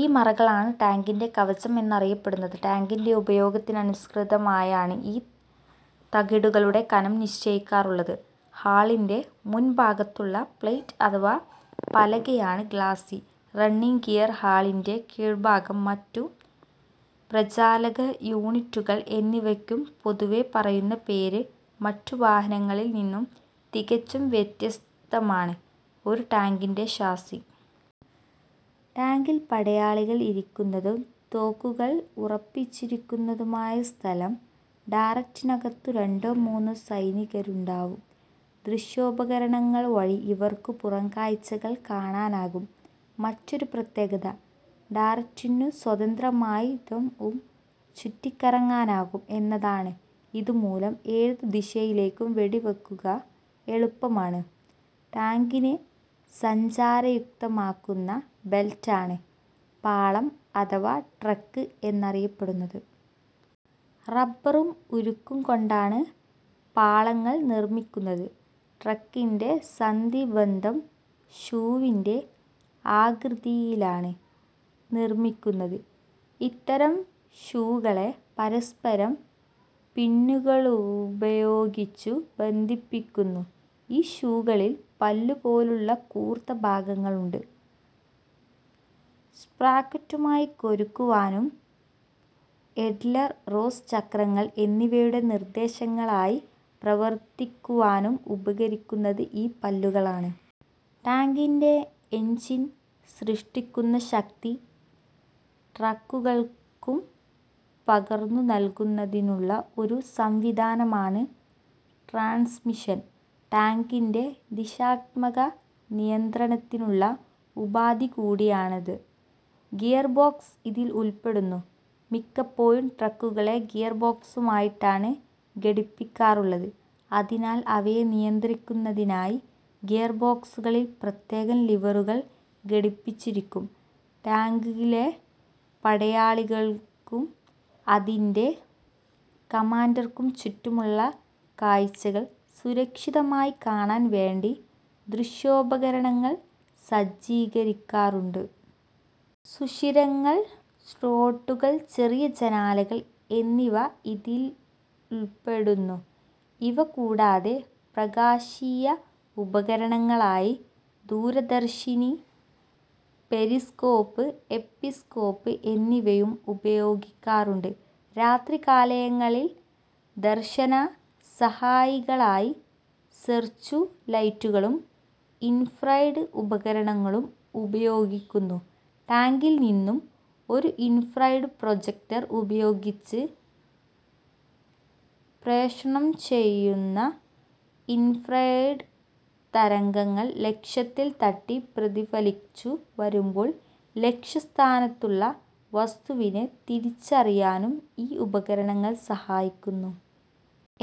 ഈ മറകളാണ് ടാങ്കിന്റെ കവചം എന്നറിയപ്പെടുന്നത്. ടാങ്കിന്റെ ഉപയോഗത്തിനനുസൃതമായാണ് ഈ തകിടുകളുടെ കനം നിശ്ചയിക്കാറുള്ളത്. ഹള്ളിന്റെ മുൻഭാഗത്തുള്ള പ്ലേറ്റ് അഥവാ പലകയാണ് ഗ്ലാസി. റണ്ണിങ്ങ് ഗിയർ, ഹള്ളിന്റെ കീഴ്ഭാഗം, മറ്റു പ്രചാലക യൂണിറ്റുകൾ എന്നിവയ്ക്കു പൊതുവേ പറയുന്ന പേര്. മറ്റു വാഹനങ്ങളിൽ നിന്നും തികച്ചും വ്യത്യസ്തമാണ് ഒരു ടാങ്കിന്റെ ഷാസി. ടാങ്കിൽ പടയാളികൾ ഇരിക്കുന്നതും തോക്കുകൾ ഉറപ്പിച്ചിരിക്കുന്നതുമായ സ്ഥലം. ടാററ്റിനകത്തു രണ്ടോ മൂന്നോ സൈനികരുണ്ടാവും. ദൃശ്യോപകരണങ്ങൾ വഴി ഇവർക്കു പുറംകാഴ്ചകൾ കാണാനാകും. മറ്റൊരു പ്രത്യേകത ടററ്റിനു സ്വതന്ത്രമായി ത്ഥ -ഉം ചുറ്റിക്കറങ്ങാനാകും എന്നതാണ്. ഇതുമൂലം ഏതു ദിശയിലേക്കും വെടിവെയ്ക്കുക എളുപ്പമാണ്. ടാങ്കിനെ സഞ്ചാരയുക്തമാക്കുന്ന ബെൽറ്റാണ് പാളം അഥവാ ട്രാക്ക് എന്നറിയപ്പെടുന്നത്. റബറും ഉരുക്കും കൊണ്ടാണ് പാളങ്ങൾ നിർമ്മിക്കുന്നത്. ട്രാക്കിന്റെ സന്ധി ബന്ധം ഷൂവിന്റെ ആകൃതിയിലാണ് നിർമ്മിക്കുന്നത്. ഇത്തരം 'ഷൂകളെ' പരസ്പരം പിന്നുകളുപയോഗിച്ചു ബന്ധിപ്പിക്കുന്നു. ഈ ഷൂകളിൽ പല്ലു പോലുള്ള കൂർത്ത ഭാഗങ്ങളുണ്ട്. സ്പ്രോക്കറ്റുമായി കൊരുക്കുവാനും, ഐഡ്ലർ, റോസ് ചക്രങ്ങൾ എന്നിവയുടെ നിർദ്ദേശകങ്ങൾ ആയി പ്രവർത്തിക്കുവാനും ഉപകരിക്കുന്നത് ഈ പല്ലുകളാണ്. ടാങ്കിന്റെ എൻജിൻ സൃഷ്ടിക്കുന്ന ശക്തി ട്രാക്കുകൾക്കു പകർന്നു നൽകുന്നതിനുള്ള ഒരു സംവിധാനമാണ് ട്രാൻസ്മിഷൻ. ടാങ്കിന്റെ ദിശാത്മക നിയന്ത്രണത്തിനുള്ള ഉപാധി കൂടിയാണിത്. ഗിയർ ബോക്സ് ഇതിൽ ഉൾപ്പെടുന്നു. മിക്കപ്പോഴും ട്രാക്കുകളെ ഗിയർ ബോക്സുമായിട്ടാണ് ഘടിപ്പിക്കാറുള്ളത്. അതിനാൽ അവയെ നിയന്ത്രിക്കുന്നതിനായി ഗിയർ ബോക്സുകളിൽ പ്രത്യേകം ലിവറുകൾ ഘടിപ്പിച്ചിരിക്കും. ടാങ്കിലെ പടയാളികൾക്കും അതിന്റെ കമാൻഡർക്കും ചുറ്റുമുള്ള കാഴ്ചകൾ സുരക്ഷിതമായി കാണാൻ വേണ്ടി ദൃശ്യോപകരണങ്ങൾ സജ്ജീകരിക്കാറുണ്ട്. സുഷിരങ്ങൾ, സ്ലോട്ടുകൾ, ചെറിയ ജനാലകൾ എന്നിവ ഇതിൽപ്പെടുന്നു. ഇവ കൂടാതെ പ്രകാശീയ ഉപകരണങ്ങളായ ദൂരദർശിനി, പെരിസ്കോപ്പ്, എപ്പിസ്കോപ്പ് എന്നിവയും ഉപയോഗിക്കാറുണ്ട്. രാത്രികാലങ്ങളിൽ ദർശന സഹായികളായി സെർച്ചു ലൈറ്റുകളും, ഇൻഫ്രാറെഡ് ഉപകരണങ്ങളും ഉപയോഗിക്കുന്നു. ടാങ്കിൽ നിന്നും ഒരു ഇൻഫ്രാറെഡ് പ്രൊജക്ടർ ഉപയോഗിച്ച് പ്രേഷണം ചെയ്യുന്ന ഇൻഫ്രാറെഡ് തരംഗങ്ങൾ ലക്ഷ്യത്തിൽ തട്ടി പ്രതിഫലിച്ചു വരുമ്പോൾ ലക്ഷ്യസ്ഥാനത്തുള്ള വസ്തുവിനെ തിരിച്ചറിയാനും ഈ ഉപകരണങ്ങൾ സഹായിക്കുന്നു.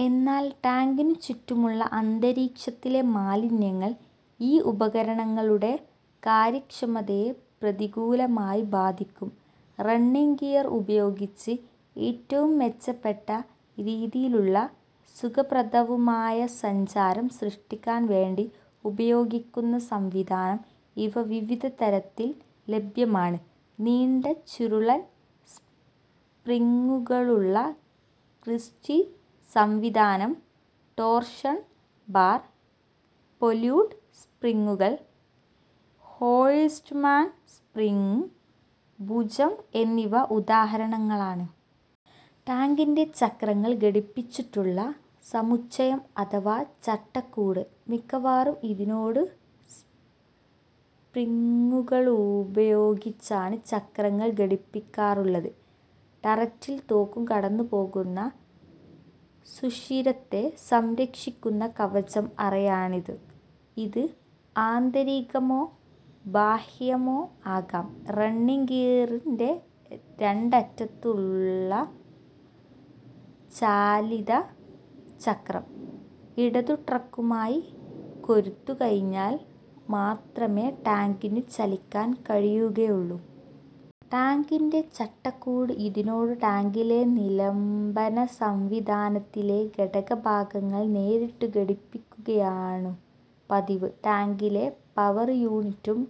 എന്നാൽ ടാങ്കിനു ചുറ്റുമുള്ള അന്തരീക്ഷത്തിലെ മാലിന്യങ്ങൾ ഈ ഉപകരണങ്ങളുടെ കാര്യക്ഷമതയെ പ്രതികൂലമായി ബാധിക്കും. റണ്ണിങ്ങ് ഗിയർ ഉപയോഗിച്ച്, ഏറ്റവും മെച്ചപ്പെട്ട രീതിയിലുള്ളതും സുഖപ്രദവുമായ സഞ്ചാരം സൃഷ്ടിക്കാൻ വേണ്ടി, ഉപയോഗിക്കുന്ന സംവിധാനം. ഇവ വിവിധ തരത്തിൽ ലഭ്യമാണ്. നീണ്ട ചുരുളൻ സ്പ്രിങ്ങുകളുള്ള ക്രിസ്റ്റി സംവിധാനം, ടോർഷൺ ബാർ, പൊല്യൂട്ട് സ്പ്രിങ്ങുകൾ, ഹോഴ്സ്റ്റ്മാൻ, സ്പ്രിങ്ങ് ഭുജം എന്നിവ ഉദാഹരണങ്ങളാണ്. ടാങ്കിന്റെ ചക്രങ്ങൾ ഘടിപ്പിച്ചിട്ടുള്ള സമുച്ചയം അഥവാ ചട്ടക്കൂട്. മിക്കവാറും ഇതിനോടു സ്പ്രിങ്ങുകളുപയോഗിച്ചാണ് ചക്രങ്ങൾ ഘടിപ്പിക്കാറുള്ളത്. ടററ്റിൽ തോക്കു കടന്നുപോകുന്ന സുഷിരത്തെ സംരക്ഷിക്കുന്ന കവച അറയാണിത്. ഇത് ആന്തരികമോ ബാഹ്യമോ ആകാം. റണ്ണിങ്ങ് ഗിയറിന്റെ രണ്ടറ്റത്തുമുള്ള ചാലിത ചക്രം. ഇതു ട്രാക്കുമായി കൊരുത്തു കഴിഞ്ഞാൽ മാത്രമേ ടാങ്കിനു ചലിക്കാൻ കഴിയുകയുള്ളു. ടാങ്കിന്റെ ചട്ടക്കൂട്. ഇതിനോടു ടാങ്കിലെ നിലംബന സംവിധാനത്തിലെ ഘടക ഭാഗങ്ങൾ നേരിട്ടു ഘടിപ്പിക്കുകയാണു പതിവ്. ടാങ്കിലെ പവർ യൂണിറ്റും,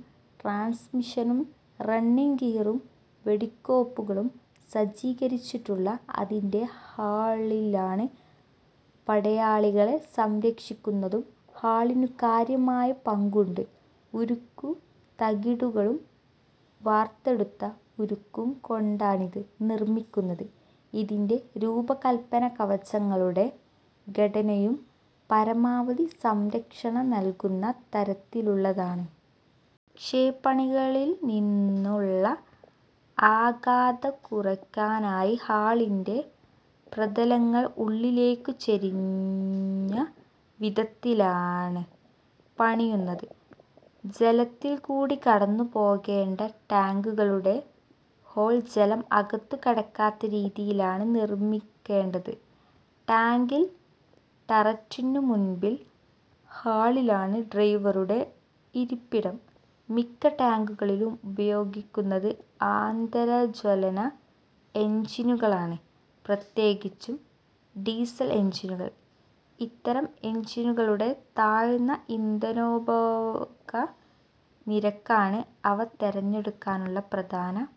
ട്രാൻസ്മിഷനും, റണ്ണിങ്ങ് ഗിയറും, വെടിക്കോപ്പുകളും സജ്ജീകരിച്ചിട്ടുള്ളത് അതിന്റെ ഹള്ളിലാണ്. പടയാളികളെ സംരക്ഷിക്കുന്നതിലും ഹള്ളിനു കാര്യമായ പങ്കുണ്ട്. ഉരുക്കു തകിടുകളും വാർത്തെടുത്ത ഉരുക്കും കൊണ്ടാണിത് നിർമ്മിക്കുന്നത്. ഇതിന്റെ രൂപകല്പനയും കവചങ്ങളുടെ ഘടനയും പരമാവധി സംരക്ഷണം നൽകുന്ന തരത്തിലുള്ളതാണ്. ക്ഷേപണികളിൽ നിന്നുള്ള ആഘാതം കുറയ്ക്കാനായി ഹള്ളിന്റെ പ്രതലങ്ങൾ ഉള്ളിലേക്കു ചരിഞ്ഞ വിധത്തിലാണ് പണിയുന്നത്. ജലത്തിൽ കൂടി കടന്നു പോകേണ്ട ടാങ്കുകളുടെ ഹൾ, ജലം അകത്തു കടക്കാത്ത രീതിയിലാണ് നിർമ്മിക്കേണ്ടത്. ടാങ്കിൽ ടററ്റിനു മുൻപിൽ ഹള്ളിലാണ് ഡ്രൈവറുടെ ഇരിപ്പിടം. മിക്ക ടാങ്കുകളിലും ഉപയോഗിക്കുന്നത് ആന്തര ജ്വലന എൻജിനുകളാണ്- പ്രത്യേകിച്ചും ഡീസൽ എൻജിനുകൾ. ഇത്തരം എൻജിനുകളുടെ താഴ്ന്ന ഇന്ധനോപഭോഗ നിരക്കാണ് അവ തിരഞ്ഞെടുക്കാനുള്ള പ്രധാന